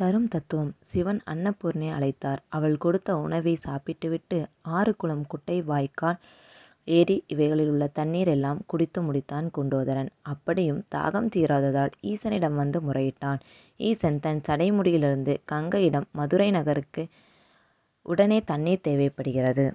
தரும் தத்துவம். சிவன் அன்னபூரணியை அழைத்தார். அவள் கொடுத்த உணவை சாப்பிட்டு விட்டு ஆறு குளம் குட்டை வாய்க்கால் ஏரி இவைகளில் உள்ள தண்ணீர் எல்லாம் குடித்து முடித்தான் குண்டோதரன். அப்படியும் தாகம் தீராததால் ஈசனிடம் வந்து முறையிட்டான். ஈசன் தன் சடை முடியிலிருந்த கங்கையிடம் மதுரை நகருக்கு உடனே தண்ணீர் தேவைப்படுகிறது.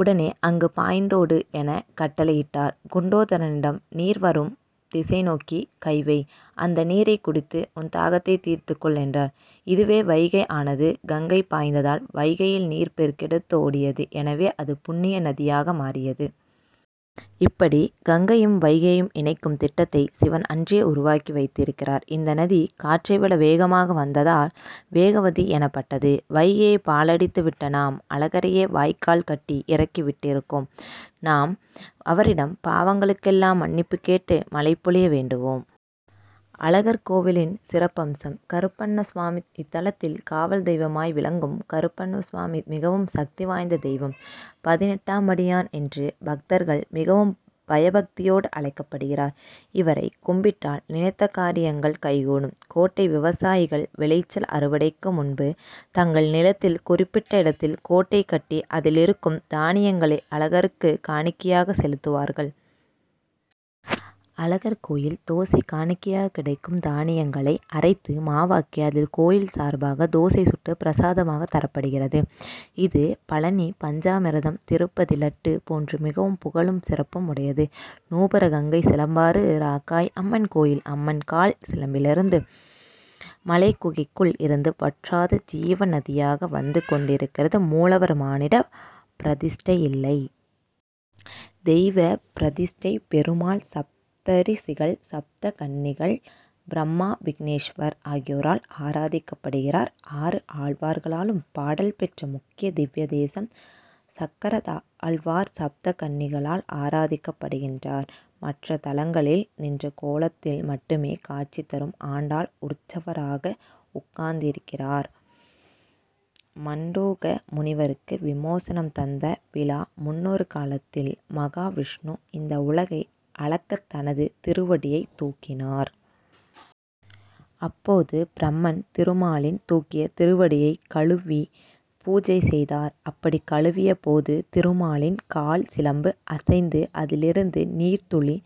உடனே அங்கு பாய்ந்தோடு என கட்டளையிட்டார். குண்டோதரனிடம் நீர் வரும் திசைநோக்கி கை வை. அந்த நீரை குடித்து உன் தாகத்தை தீர்த்து கொள் என்றார். இதுவே வைகை ஆனது. கங்கை பாய்ந்ததால் வைகையில் நீர் பெருக்கெடுத்து ஓடியது. எனவே அது புண்ணிய நதியாக மாறியது. இப்படி கங்கையையும் வைகையையும் இணைக்கும் திட்டத்தை சிவன் அன்றே உருவாக்கி வைத்திருக்கிறார். இந்த நதி காற்றை விட வேகமாக வந்ததால் வேகவதி எனப்பட்டது. வைகையை பாழடித்து விட்ட நாம் அழகரையே வாய்க்கால் கட்டி இறக்கி விட்டிருக்கும் நாம் அவரிடம் பாவங்களுக்கெல்லாம் மன்னிப்பு கேட்டு மழை பொழிய வேண்டுவோம். அழகர்கோவிலின் சிறப்பம்சம் கருப்பண்ணசுவாமி இத்தலத்தில் காவல் தெய்வமாக விளங்கும் கருப்பண்ணசுவாமி மிகவும் சக்தி வாய்ந்த தெய்வம். பதினெட்டாம்படியான் என்று பக்தர்கள் மிகவும் பயபக்தியோடு அழைக்கப்படுகிறார். இவரை கும்பிட்டால் நினைத்த காரி யங்கள் கைகூடும். கோட்டை விவசாயிகள் விளைச்சல் அறுவடைக்கு முன்பு தங்கள் நிலத்தில் குறிப்பிட்ட இடத்தில் கோட்டை கட்டி அதில் இருக்கும் தானியங்களை அழகருக்கு காணிக்கையாக செலுத்துவார்கள். அழகர் கோயில் தோசை காணிக்கையாகக் கிடைக்கும் தானியங்களை அரைத்து மாவாக்கி அதில் கோயில் சார்பாக தோசை சுட்டு பிரசாதமாகத் தரப்படுகிறது. இது பழநி பஞ்சாமிர்தம் திருப்பதி லட்டு போன்று மிகவும் புகழும் சிறப்பும் உடையது. நூபுர கங்கை சிலம்பாறு ராக்காயி அம்மன் கோயில் அம்மன் கால் சிலம்பிலிருந்து மலைக்குகைக்குள் இருந்து வற்றாத ஜீவ நதியாக வந்து கொண்டிருக்கிறது மூலவர் மானிட பிரதிஷ்டை இல்லை. தெய்வ பிரதிஷ்டை. பெருமாள் சப்தரி ஷிகள் சப்த கன்னிகள் பிரம்மா விக்னேஷ்வர் ஆகியோரால் ஆராதிக்கப்படுகிறார். ஆறு ஆழ்வார்களாலும் பாடல் பெற்ற முக்கிய திவ்ய தேசம் சக்கரத்தாழ்வார் சப்த கன்னிகளால் ஆராதிக்கப்படுகின்றார். மற்ற தலங்களில் நின்ற கோலத்தில் மட்டுமே காட்சி தரும் ஆண்டாள் உற்சவராக உட்கார்ந்திருக்கிறார். மண்டூக முனிவருக்கு விமோசனம் தந்த விழா முன்னொரு காலத்தில் மகாவிஷ்ணு இந்த உலகை அளக்க தனது திருவடியை தூக்கினார். அப்போது பிரம்மன் திருமாலின் தூக்கிய திருவடியை கழுவி பூஜை செய்தார். அப்படி கழுவிய போது திருமாலின் கால்சிலம்பு அசைந்து அதிலிருந்து நீர்த்துளி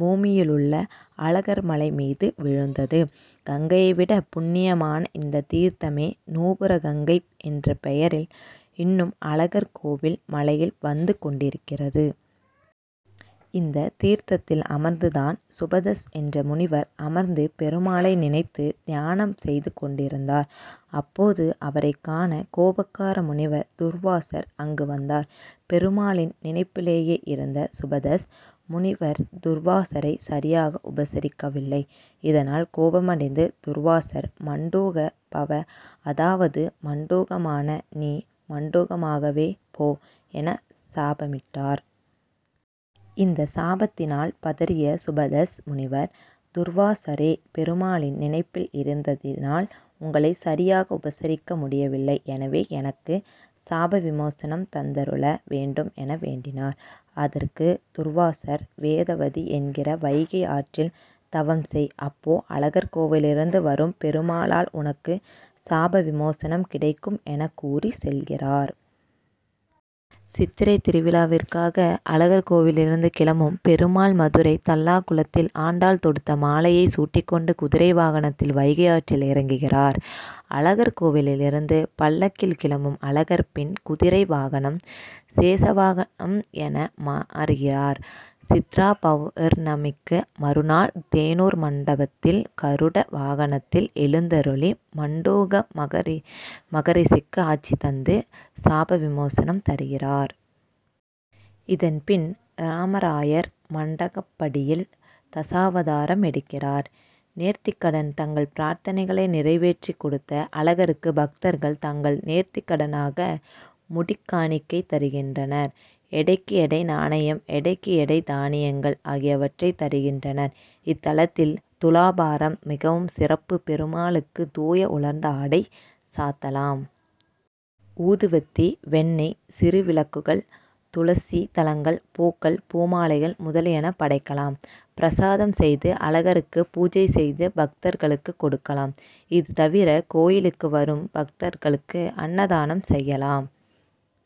பூமியிலுள்ள அழகர்மலை மீது விழுந்தது. கங்கையை விட புண்ணியமான இந்த தீர்த்தமே நூபுர கங்கை என்ற பெயரில் இன்னும் அழகர் கோவில் மலையில் வந்து கொண்டிருக்கிறது. இந்த தீர்த்தத்தில் அமர்ந்து தான் சுபதஸ் என்ற முனிவர் அமர்ந்து பெருமாளை நினைத்து தியானம் செய்து கொண்டிருந் தார். அப்போது அவரைக்காண கோபக்கார முனிவரான துர்வாசர் அங்கு வந்தார். பெருமாளின் நினைப்பிலேயே இருந்த சுபதஸ் முனிவர் துர்வாசரை சரியாக உபசரிக்கவில்லை. இதனால் கோபமடைந்து துர்வாசர் மண்டூக பவ அதாவது மண்டூகமான நீ மண்டூகமாகவே போ என சாபமிட்டார். இந்த சாபத்தினால் பதறிய சுபதஸ் முனிவர் துர்வாசரே பெருமாளின் நினைப்பில் இருந்ததினால் உங்களை சரியாக உபசரிக்க முடியவில்லை எனவே எனக்கு சாபவிமோசனம் தந்தருள வேண்டும் என வேண்டினார். அதற்கு துர்வாசர் வேதவதி என்கிற வைகை ஆற்றில் தவம் செய். அப்போது அழகர்கோவிலிலிருந்து வரும் பெருமாளால் உனக்கு சாபவிமோசனம் கிடைக்கும் என கூறி செல்கிறார். சித்திரை திருவிழாவிற்காக அழகர்கோவிலிலிருந்து கிளம்பும் பெருமாள் மதுரை தல்லாகுளத்தில் ஆண்டாள் தொடுத்த மாலையை சூட்டிக்கொண்டு குதிரை வாகனத்தில் வைகை ஆற்றில் இறங்குகிறார். அழகர்கோவிலில் இருந்து பல்லக்கில் கிளம்பும் அழகர் பின் குதிரை வாகனம் சேஷவாகனம் என மாறுகிறார். சித்ராபவுர்ணமிக்கு மறுநாள் தேனூர் மண்டபத்தில் கருட வாகனத்தில் எழுந்தருளி மண்டூக மகரிஷிக்கு காட்சி தந்து சாபவிமோசனம் தருகிறார். இதன் பின் ராமராயர் மண்டகப்படியில் தசாவதாரம் எடுக்கிறார். நேர்த்திக்கடன் தங்கள் பிரார்த்தனைகளை நிறைவேற்றி கொடுத்த அழகருக்கு பக்தர்கள் தங்கள் நேர்த்திக்கடனாக முடிக்காணிக்கை தருகின்றனர். எடைக்கு எடை நாணயம் எடைக்கு எடை தானியங்கள் ஆகியவற்றை தருகின்றனர். இத்தலத்தில் துலாபாரம் மிகவும் சிறப்பு. பெருமாளுக்கு தூய உலர்ந்த ஆடை சாத்தலாம். ஊதுவத்தி வெண்ணெய் சிறு விளக்குகள் துளசி தளங்கள் பூக்கள் பூமாலைகள் முதலியன படைக்கலாம். பிரசாதம் செய்து அழகருக்கு பூஜை செய்து பக்தர்களுக்கு கொடுக்கலாம். இது தவிர கோயிலுக்கு வரும் பக்தர்களுக்கு அன்னதானம் செய்யலாம்.